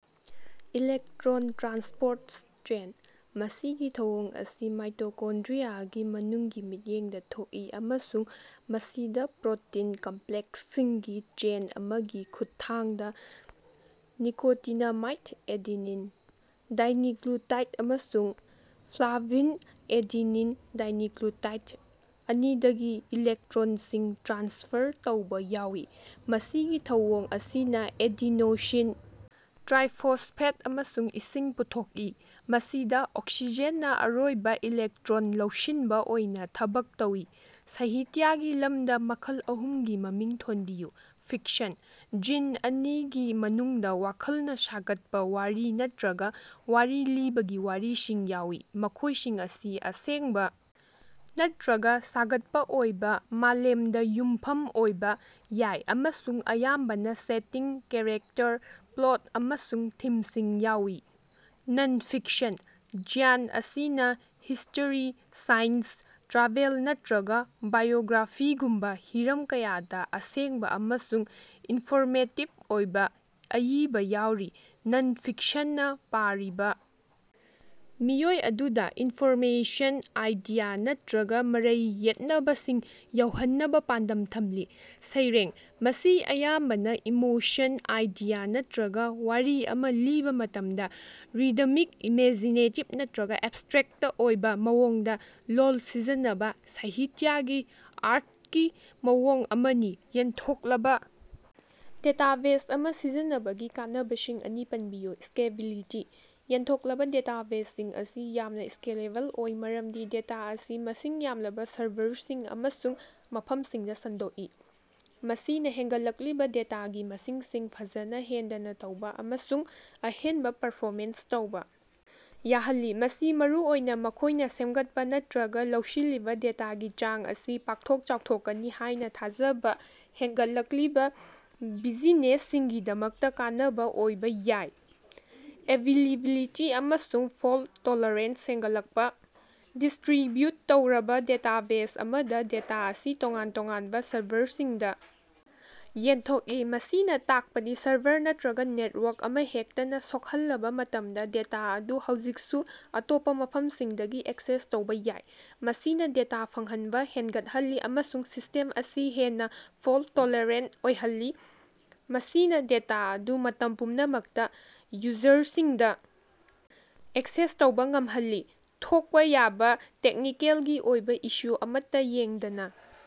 Electron transport chain: ꯃꯁꯤꯒꯤ ꯊꯧꯑꯣꯡ ꯑꯁꯤ ꯃꯥꯏꯇꯣꯀꯣꯟꯗ꯭ꯔꯤꯌꯥꯒꯤ ꯃꯅꯨꯡꯒꯤ ꯃꯤꯠꯌꯦꯡꯗ ꯊꯣꯛꯏ ꯑꯃꯁꯨꯡ ꯃꯁꯤꯗꯥ ꯄ꯭ꯔꯣꯇꯤꯟ ꯀꯝꯄ꯭ꯂꯦꯛꯁꯁꯤꯡꯒꯤ ꯆꯦꯟ ꯑꯃꯒꯤ ꯈꯨꯠꯊꯥꯡꯗ ꯅꯤꯀꯣꯇꯤꯅꯥꯃꯥꯏꯠ ꯑꯦꯗꯤꯅꯤꯟ ꯗꯥꯏꯅꯤꯀ꯭ꯂꯨꯇꯥꯏꯠ ꯑꯃꯁꯨꯡ ꯐ꯭ꯂꯥꯚꯤꯟ ꯑꯦꯗꯤꯅꯤꯟ ꯗꯥꯏꯅꯤꯀ꯭ꯂꯨꯇꯥꯏꯠ ꯑꯅꯤꯗꯒꯤ ꯏꯂꯦꯛꯇ꯭ꯔꯣꯟꯁꯤꯡ ꯇ꯭ꯔꯥꯟꯁꯐꯔ ꯇꯧꯕ ꯌꯥꯎꯏ꯫ ꯃꯁꯤꯒꯤ ꯊꯧꯑꯣꯡ ꯑꯁꯤꯅ ꯑꯦꯗꯤꯅꯣꯁꯤꯟ ꯇ꯭ꯔꯥꯏꯐꯣꯁꯐꯦꯠ ꯑꯃꯁꯨꯡ ꯏꯁꯤꯡ ꯄꯨꯊꯣꯛꯏ ꯃꯁꯤꯗ ꯑꯣꯛꯁꯤꯖꯦꯟꯅ ꯑꯔꯣꯏꯕꯥ ꯏꯂꯦꯛꯇ꯭ꯔꯣꯟ ꯂꯧꯁꯤꯟꯕ ꯑꯣꯏꯅ ꯊꯕꯛ ꯇꯧꯏ꯫ ꯁꯥꯍꯤꯇ꯭ꯌꯥꯒꯤ ꯂꯝꯗ ꯃꯈꯜ ꯑꯍꯨꯝꯒꯤ ꯃꯃꯤꯡ ꯊꯣꯟꯕꯤꯌꯨ꯫ ꯐꯤꯛꯁꯟ: ꯖꯤꯟ ꯑꯁꯤꯒꯤ ꯃꯅꯨꯡꯗ ꯋꯥꯈꯜꯅ ꯁꯥꯒꯠꯄ ꯋꯥꯔꯤ ꯅꯠꯇ꯭ꯔꯒ ꯋꯥꯔꯤ ꯂꯤꯕꯒꯤ ꯋꯥꯔꯤꯁꯤꯡ ꯌꯥꯎꯏ ꯃꯈꯣꯢꯁꯤꯡ ꯑꯁꯤ ꯑꯁꯦꯡꯕ ꯅꯠꯇ꯭ꯔꯒ ꯁꯥꯒꯠꯄ ꯑꯣꯏꯕ ꯃꯥꯂꯦꯝꯗ ꯌꯨꯝꯐꯝ ꯑꯣꯏꯕ ꯌꯥꯏ ꯑꯃꯁꯨꯡ ꯑꯌꯥꯝꯕꯅ ꯁꯦꯇꯤꯡ, ꯀꯦꯔꯦꯛꯇꯔ, ꯄ꯭ꯂꯣꯠ ꯑꯃꯁꯨꯡ ꯊꯤꯝꯁꯤꯡ ꯌꯥꯎꯏ꯫ ꯅꯟ-ꯐꯤꯛꯁꯟ: ꯖ꯭ꯌꯥꯟ ꯑꯁꯤꯅꯥ ꯍꯤꯁꯇꯔꯤ, ꯁꯥꯏꯟꯁ, ꯇ꯭ꯔꯥꯚꯦꯜ ꯅꯠꯇ꯭ꯔꯒ ꯕꯥꯏꯑꯣꯒ꯭ꯔꯥꯐꯤꯒꯨꯝꯕ ꯍꯤꯔꯝ ꯀꯌꯥꯗ ꯑꯁꯦꯡꯕ ꯑꯃꯁꯨꯡ ꯏꯟꯐꯣꯔꯃꯦꯇꯤꯕ ꯑꯣꯏꯕ ꯑꯏꯕ ꯌꯥꯎꯔꯤ꯫ ꯅꯟ-ꯐꯤꯛꯁꯟꯅ ꯄꯥꯔꯤꯕꯥ ꯃꯤꯑꯣꯏ ꯑꯗꯨꯗ ꯏꯟꯐꯣꯔꯃꯦꯁꯟ ꯑꯥꯏꯗꯤꯌꯥ ꯅꯠꯇ꯭ꯔꯒ ꯃꯔꯩ ꯌꯦꯠꯅꯕꯁꯤꯡ ꯌꯧꯍꯟꯅꯕ ꯄꯥꯟꯗꯝ ꯊꯝꯂꯤ꯫ ꯁꯩꯔꯦꯡ: ꯃꯁꯤ ꯑꯌꯥꯝꯕꯅ ꯏꯃꯣꯁꯟ, ꯑꯥꯏꯗꯤꯌꯥ ꯅꯠꯇ꯭ꯔꯒ ꯋꯥꯔꯤ ꯑꯃ ꯂꯤꯕꯥ ꯃꯇꯝꯗ ꯔꯤꯗꯃꯤꯛ, ꯏꯃꯦꯖꯤꯅꯦꯇꯤꯕ ꯅꯠꯇ꯭ꯔꯒ ꯑꯦꯕꯁꯇ꯭ꯔꯦꯛꯇ ꯑꯣꯏꯕꯥ ꯃꯑꯣꯡꯗ ꯂꯣꯜ ꯁꯤꯖꯤꯟꯅꯕ ꯁꯥꯍꯤꯇ꯭ꯌꯥꯒꯤ ꯑꯥꯔꯇꯀꯤ ꯃꯑꯣꯡ ꯑꯃꯅꯤ꯫ ꯌꯦꯟꯊꯣꯛꯂꯕ ꯗꯦꯇꯥꯕꯦꯖ ꯑꯃ ꯁꯤꯖꯤꯟꯅꯕꯒꯤ ꯀꯥꯟꯅꯕꯁꯤꯡ ꯑꯅꯤ ꯄꯟꯕꯤꯌꯨ꯫ ꯁ꯭ꯀꯦꯂꯦꯕꯤꯂꯤꯇꯤ: ꯌꯦꯟꯊꯣꯛꯂꯕ ꯗꯦꯇꯥꯕꯦꯖꯁꯤꯡ ꯑꯁꯤ ꯌꯥꯝꯅ ꯁ꯭ꯀꯦꯂꯦꯕꯜ ꯑꯣꯏ ꯃꯔꯝꯗꯤ ꯗꯦꯇꯥ ꯑꯁꯤ ꯃꯁꯤꯡ ꯌꯥꯝꯂꯕ ꯁꯔꯚꯔꯁꯤꯡ ꯑꯃꯁꯨꯡ ꯃꯐꯝꯁꯤꯡꯗ ꯁꯟꯗꯣꯛꯏ ꯃꯁꯤꯅ ꯍꯦꯟꯒꯠꯂꯛꯂꯤꯕ ꯗꯦꯇꯥꯒꯤ ꯃꯁꯤꯡꯁꯤꯡ ꯐꯖꯅ ꯍꯦꯟꯗꯅ ꯇꯧꯕ ꯑꯃꯁꯨꯡ ꯑꯍꯦꯟꯕ ꯄꯔꯐꯣꯃꯦꯟꯁ ꯇꯧꯕꯥ ꯌꯥꯍꯜꯂꯤ꯫ ꯃꯁꯤ ꯃꯔꯨꯑꯣꯏꯅ ꯃꯈꯣꯢꯅ ꯁꯦꯝꯒꯠꯄ ꯅꯠꯇ꯭ꯔꯒ ꯂꯧꯁꯤꯜꯂꯤꯕ ꯗꯦꯇꯥꯒꯤ ꯆꯥꯡ ꯑꯁꯤ ꯄꯥꯛꯊꯣꯛ ꯆꯥꯎꯊꯣꯛꯀꯅꯤ ꯍꯥꯢꯅ ꯊꯥꯖꯕ ꯍꯦꯟꯒꯠꯂꯛꯂꯤꯕ ꯕꯤꯖꯤꯅꯦꯁꯁꯤꯡꯒꯤꯗꯃꯛꯇ ꯀꯥꯟꯅꯕ ꯑꯣꯏꯕꯥ ꯌꯥꯏ꯫ ꯑꯦꯕꯤꯂꯤꯕꯤꯂꯤꯇꯤ ꯑꯃꯁꯨꯡ ꯐꯣꯜꯇ ꯇꯣꯂꯔꯦꯟꯁ ꯍꯦꯟꯒꯠꯂꯛꯄ: ꯗꯤꯁꯇ꯭ꯔꯤꯕ꯭ꯌꯨꯠ ꯇꯧꯔꯕ ꯗꯦꯇꯥꯕꯦꯖ ꯑꯃꯗ ꯗꯦꯇꯥ ꯑꯁꯤ ꯇꯣꯉꯥꯟ ꯇꯣꯉꯥꯟꯕ ꯁꯔꯚꯔꯁꯤꯡꯗ ꯌꯦꯟꯊꯣꯛꯏ ꯃꯁꯤꯅ ꯇꯥꯛꯄꯗꯤ ꯁꯔꯚꯔ ꯅꯠꯇ꯭ꯔꯒ ꯅꯦꯇꯋꯥꯔꯛ ꯑꯃꯍꯦꯛꯇꯅ ꯁꯣꯛꯍꯜꯂꯕ ꯃꯇꯝꯗ ꯗꯦꯇꯥ ꯑꯗꯨ ꯍꯧꯖꯤꯛꯁꯨ ꯑꯇꯣꯞꯄ ꯃꯐꯝꯁꯤꯡꯗꯒꯤ ꯑꯦꯛꯁꯦꯁ ꯇꯧꯕꯥ ꯌꯥꯏ꯫ ꯃꯁꯤꯅ ꯗꯦꯇꯥ ꯐꯪꯍꯟꯕꯥ ꯍꯦꯟꯒꯠꯍꯜꯂꯤ ꯑꯃꯁꯨꯡ ꯁꯤꯁꯇꯦꯝ ꯑꯁꯤ ꯍꯦꯟꯅ ꯐꯣꯜꯇ-ꯇꯣꯂꯦꯔꯦꯟꯇ ꯑꯣꯏꯍꯜꯂꯤ ꯃꯁꯤꯅ ꯗꯦꯇꯥ ꯑꯗꯨ ꯃꯇꯝ ꯄꯨꯝꯅꯃꯛꯇ ꯌꯨꯖꯔꯁꯤꯡꯗ ꯑꯦꯛꯁꯦꯁ ꯇꯧꯕꯥ ꯉꯝꯍꯜꯂꯤ ꯊꯣꯛꯄ ꯌꯥꯕ ꯇꯦꯛꯅꯤꯀꯦꯜꯒꯤ ꯑꯣꯏꯕ ꯏꯁꯨ ꯑꯃꯠꯇ ꯌꯦꯡꯗꯅ꯫